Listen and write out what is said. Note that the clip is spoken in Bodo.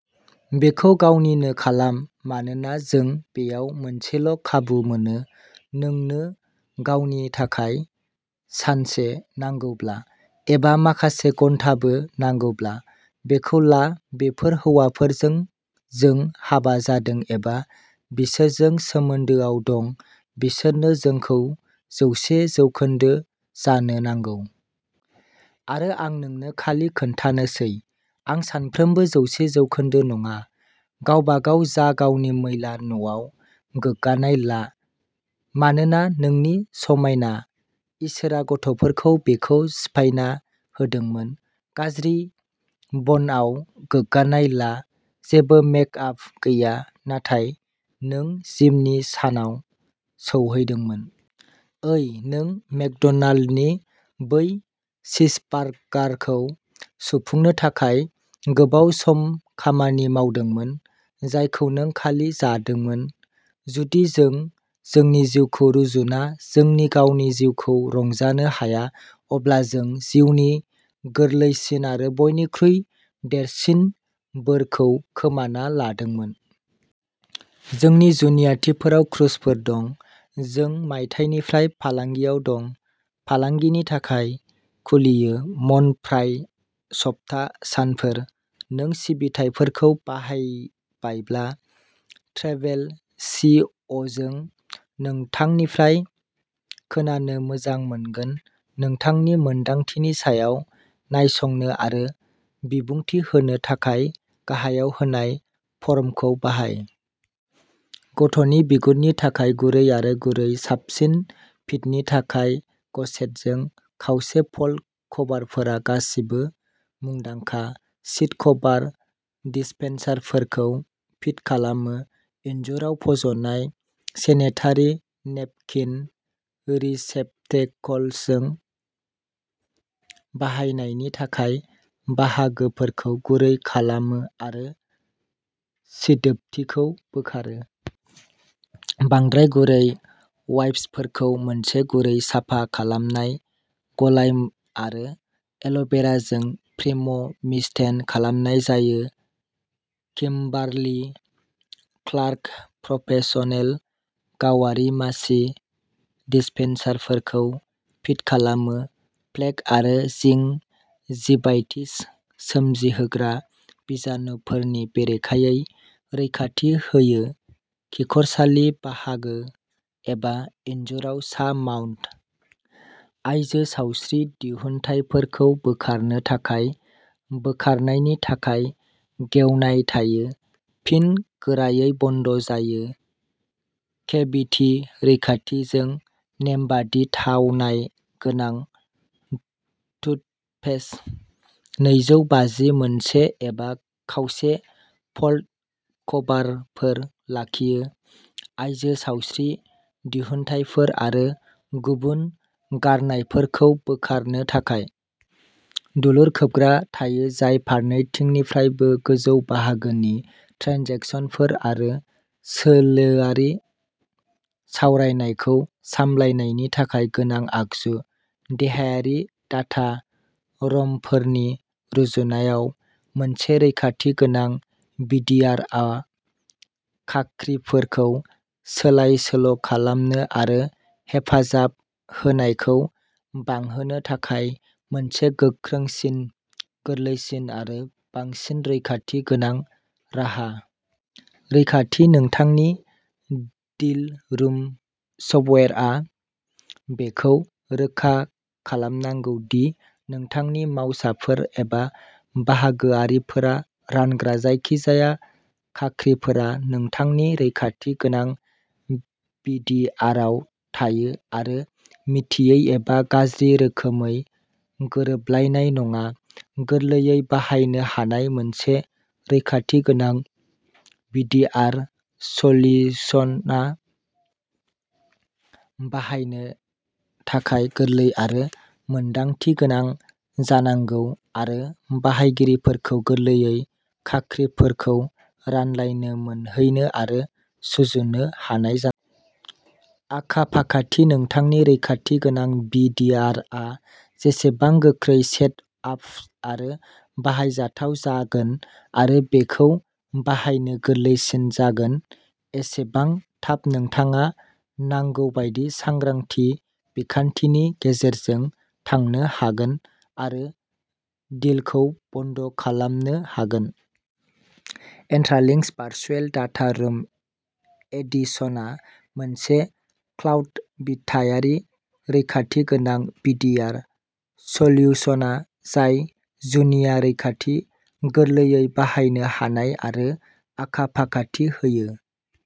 बेखौ गावनिनो खालाम मानोना जों बेयाव मोनसेल' खाबु मोनो नोंनो गावनि थाखाय सानसे नांगौब्ला, एबा माखासे घन्टाबो नांगौब्ला, बेखौ ला बेफोर हौवाफोरजों जों हाबा जादों, एबा बिसोरजों सोमोन्दोआव दं बिसोरनो जोंखौ जौसे जौखोनदो जानो नांगौ। आरो आं नोंनो खालि खोन्थानोसै, आं सानफ्रोमबो जौसे जौखोनदो नङा। गावबागाव जा गावनि मैला न'आव गोग्गानाय ला, मानोना नोंनि समायना, इसोरआ गथ'फोरखौ बेखौ सिफायना होदोंमोन। गाज्रि बनआव गोग्गानाय ला, जेबो मेक आप गैया, नाथाय नों जिमनि सानाव सौहैदोंमोन। ओइ, नों मेकड'नाल्डनि बै चीजबार्गारखौ सुफुंनो थाखाय गोबाव सम खामानि मावदोंमोन, जायखौ नों खालि जादोंमोन। जुदि जों जोंनि जिउखौ रुजुना जोंनि गावनि जिउखौ रंजानो हाया, अब्ला जों जिउनि गोरलैसिन आरो बयनिख्रुइ देरसिन बोरखौ खोमाना लादोंमोन। जोंनि जुनियाथिफोराव क्रुजफोर दं। जों मायथाइनिफ्राय फालांगियाव दं। फालांगिनि थाखाय खुलियो मन फ्राइ सप्ता सानफोर। नों सिबिथाइफोरखौ बाहायबायब्ला। ट्रेभेल सि अ जों नोंथांनिफ्राय खोनानो मोजां मोनगोन नोंथांनि मोन्दांथिनि सायाव नायसंनो आरो बिबुंथि होनो थाखाय गाहायाव होनाय फर्मखौ बाहाय। गथ'नि बिगुरनि थाखाय गुरै आरो गुरै। साबसिन फिटनि थाखाय गसेटजों। खावसे फल्ड कभारफोरा गासिबो मुंदांखा सिट कभार डिस्पेनसारफोरखौ फिट खालामो। इनजुराव फज'नाय सेनेटारि नेपकिन रिसेप्टेकल्सजों बाहायनायनि थाखाय। बाहागोफोरखौ गुरै खालामो आरो सिदोबथिखौ बोखारो। बांद्राय गुरै वाइप्सफोरखौ मोनसे गुरै साफा खालामनाय गलाय आरो एल'भेराजों प्रिम' मिस्टेन खालामनाय जायो। किम्बार्लि क्लार्क प्रफेसनेल गावारि मासि डिस्पेनसारफोरखौ फिट खालामो। प्लेक आरो जिं जिभाइटिस सोमजिहोग्रा बिजानुफोरनि बेरेखायै रैखाथि होयो। खिखरसालि बाहागो एबा इनजुराव सा माउन्ट। आइजो सावस्रि दिहुनथायफोरखौ बोखारनो थाखाय। बोखारनायनि थाखाय गेवनाय थायो, फिन गोरायै बन्द जायो। केभिटि रैखाथिजों नेमबादि थावनाय गोनां टुथपेस्ट। नैजौ बाजि मोनसे एबा खावसे फल्ड कभारफोर लाखियो। आइजो सावस्रि दिहुनथायफोर आरो गुबुन गारनायफोरखौ बोखारनो थाखाय। दुलुर खोबग्रा थायो जाय फारनैथिंनिफ्रायबो गोजौ बाहागोनि ट्रेन्जेकसनफोर आरो सोलोआरि सावरायनायखौ सामलायनायनि थाखाय गोनां आगजु। देहायारि डाटा रुमफोरनि रुजुनायाव, मोनसे रैखाथि गोनां भि डि आर आ खाख्रिफोरखौ सोलाय सोल'खालामनो आरो हेफाजाब होनायखौ बांहोनो थाखाय मोनसे गोख्रैसिन, गोरलैसिन आरो बांसिन रैखाथि गोनां राहा। रैखाथि नोंथांनि डिल रुम सफ्टवेयारआ बेखौ रोखा खालामनांगौ दि नोंथांनि मावसाफोर एबा बाहागोआरिफोरा रानग्रा जायखिजाया खाख्रिफोरा नोंथांनि रैखाथि गोनां भि डि आरआव थायो आरो मिथियै एबा गाज्रि रोखोमै गोरोबलायनाय नङा। गोरलैयै बाहायनो हानाय मोनसे रैखाथि गोनां भि डि आर सलिउसना बाहायनो थाखाय गोरलै आरो मोनदांथि गोनां जानांगौ आरो बाहायगिरिफोरखौ गोरलैयै खाख्रिफोरखौ रानलायनो मोनहैनो आरो सुजुनो हानाय जानांगौ। आखा फाखाथि नोंथांनि रैखाथि गोनां भि डि आर आ जेसेबां गोख्रै सेट आप आरो बाहायजाथाव जागोन आरो बेखौ बाहायनो गोरलैसिन जागोन, एसेबां थाब नोंथाङा नांगौ बायदि सांग्राथि बिखान्थिनि गेजेरजों थांनो हागोन आरो डिलखौ बन्द खालामनो हागोन। इन्ट्रालिंकस भारचुयेएल डाटा रुम एडिशनआ मोनसे क्लाउड बिथायारि रैखाथि गोनां भि डि आर सलिउसना जाय जुनिया रैखाथि, गोरलैयै बाहायनो हानाय आरो आखा फाखाथि होयो।